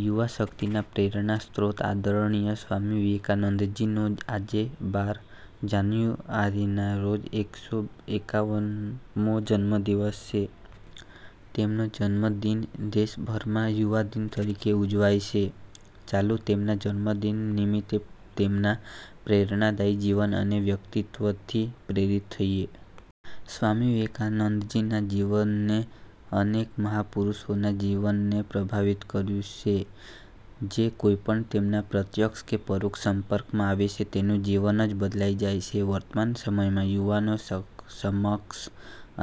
યુવાશક્તિના પ્રેરણાસ્રોત આદરણીય સ્વામી વિવેકાનંદજીનો આજે બાર જાન્યુઆરીના રોજ એક સો એકાવન મો જન્મદિન છે. તેમનો જન્મદિન દેશભરમાં 'યુવાદિન' તરીકે ઉજવાય છે. ચાલો, તેમના જન્મદિન નિમિત્તે તેમના પ્રેરણાદાયી જીવન અને વ્યક્તિત્ત્વથી પ્રેરિત થઈએ. સ્વામી વિવેકાનંદજીના જીવને અનેક મહાપુરુષોના જીવનને પ્રભાવિત કર્યું છે. જે કોઈપણ તેમના પ્રત્યક્ષ કે પરોક્ષ સંપર્કમાં આવે છે તેનું જીવન જ બદલાઈ જાય છે. વર્તમાન સમયમાં યુવાનો સમક્ષ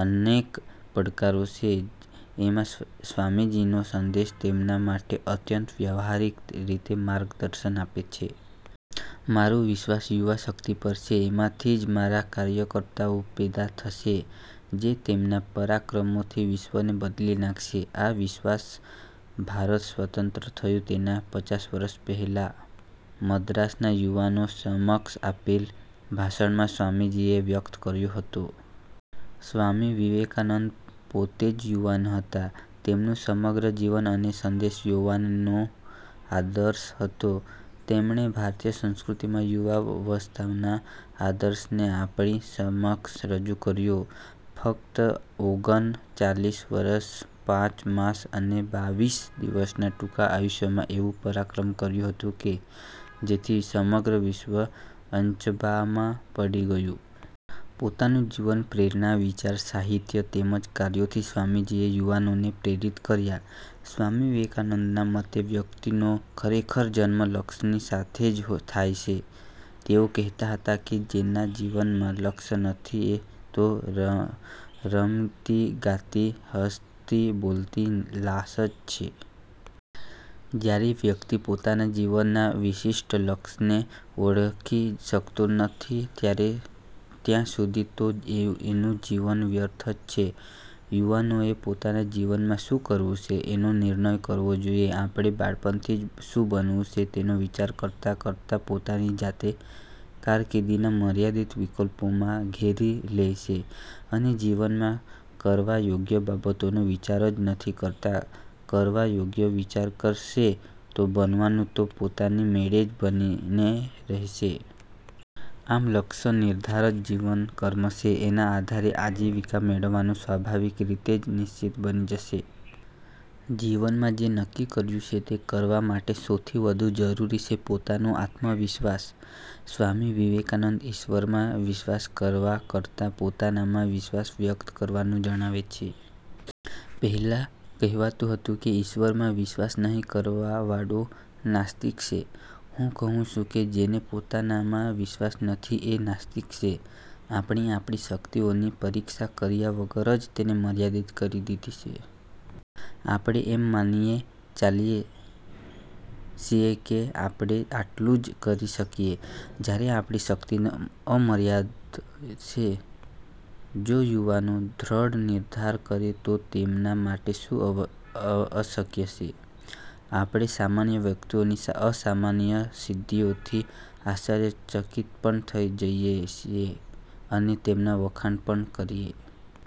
અનેક પડકારો છે, એમાં સ્વામીજીનો સંદેશ તેમના માટે અત્યંત વ્યવહારિક રીતે માર્ગદર્શન આપે છે. "મારો વિશ્વાસ યુવાશક્તિ પર છે. એમાંથી જ મારા કાર્યકર્તાઓ પેદા થશે, જે તેમના પરાક્રમોથી વિશ્વને બદલી નાખશે. આ વિશ્વાસ ભારત સ્વતંત્ર થયું તેનાં પચાસ વર્ષ પહેલાં મદ્રાસના યુવાનો સમક્ષ આપેલ ભાષણમાં સ્વામીજીએ વ્યકત કર્યો હતો. સ્વામી વિવેકાનંદ પોતે જ યુવાન હતા. તેમનું સમગ્ર જીવન અને સંદેશ યૌવનનો આદર્શ હતો. તેમણે ભારતીય સંસ્કૃતિમાં યુવાવસ્થાના આદર્શને આપણી સમક્ષ રજૂ કર્યો. ફકત ઓગન ચાલીસ વર્ષ, પાંચ માસ અને બાવીસ દિવસના ટૂંકા આયુષ્યમાં એવું પરાક્રમ કર્યું હતું કે, જેથી સમગ્ર વિશ્વ અચંબામાં પડી ગયું. પોતાનું જીવન, પ્રેરણા, વિચાર, સાહિત્ય તેમજ કાર્યોથી સ્વામીજીએ યુવાનોને પ્રેરિત કર્યા. સ્વામી વિવેકાનંદના મતે વ્યકિતનો ખરેખર જન્મ લક્ષની સાથે જ થાય છે. તેઓ કહેતા હતા કે, ''જેના જીવનમાં લક્ષ નથી એ તો રમતીગાતી, હસતીબોલતી લાશ જ છે.'' જયારે વ્યકિત પોતાના જીવનના વિશિષ્ટ લક્ષને ઓળખી શકતો નથી ત્યાં સુધી તો એનું જીવન વ્યર્થ જ છે. યુવાનોએ પોતાના જીવનમાં શું કરવું છે એનો નિર્ણય કરવો જોઈએ. આપણે બાળપણથી જ શું બનવું છે તેનો વિચાર કરતાં કરતાં પોતાની જાતે કારકિર્દીના મર્યાદિત વિકલ્પોમાં ઘેરી લે છે અને જીવનમાં કરવા યોગ્ય બાબતોનો વિચાર જ નથી કરતા, કરવા યોગ્ય વિચાર કરશે તો બનવાનું તો પોતાની મેળે જ બનીને રહેશે. આમ, લક્ષ નિર્ધાર જ જીવન કર્મ છે. એના આધારે આજીવિકા મેળવવાનું સ્વાભાવિક રીતે જ નિશ્વિત બની જશે. જીવનમાં જે નક્કી કર્યું છે તે કરવા માટે સૌથી વધુ જરૂર છે પોતાનો આત્મવિશ્વાસ. સ્વામી વિવેકાનંદ ઈશ્વરમાં વિશ્વાસ કરવા કરતાં પોતાનામાં વિશ્વાસ વ્યકત કરવાનું જણાવે છે. "પહેલાં કહેવાતું હતું કે, ઈશ્વરમાં વિશ્વાસ નહિ કરવાવાળો નાસ્તિક છે. હું કહું છું કે, જેને પોતાનામાં વિશ્વાસ નથી એ નાસ્તિક છે. " આપણે આપણી શકિતઓની પરીક્ષા કર્યા વગર જ તેને મર્યાદિત કરી દીધી છે. આપણે એમ માનીને ચાલીએ છીએ કે આપણે આટલુ જ કરી શકીએ, જયારે આપણી શકિતઓ અમર્યાદ છે. જો યુવાનો દ્રઢ નિર્ધાર કરે તો તેમના માટે શું અશકય છે? આપણે સામાન્ય વ્યકિતઓની અસામાન્ય સિદ્ધિઓથી આશ્ચર્યશકિત પણ થઈ જઈએ છીએ અને તેમનાં વખાણ પણ કરીએ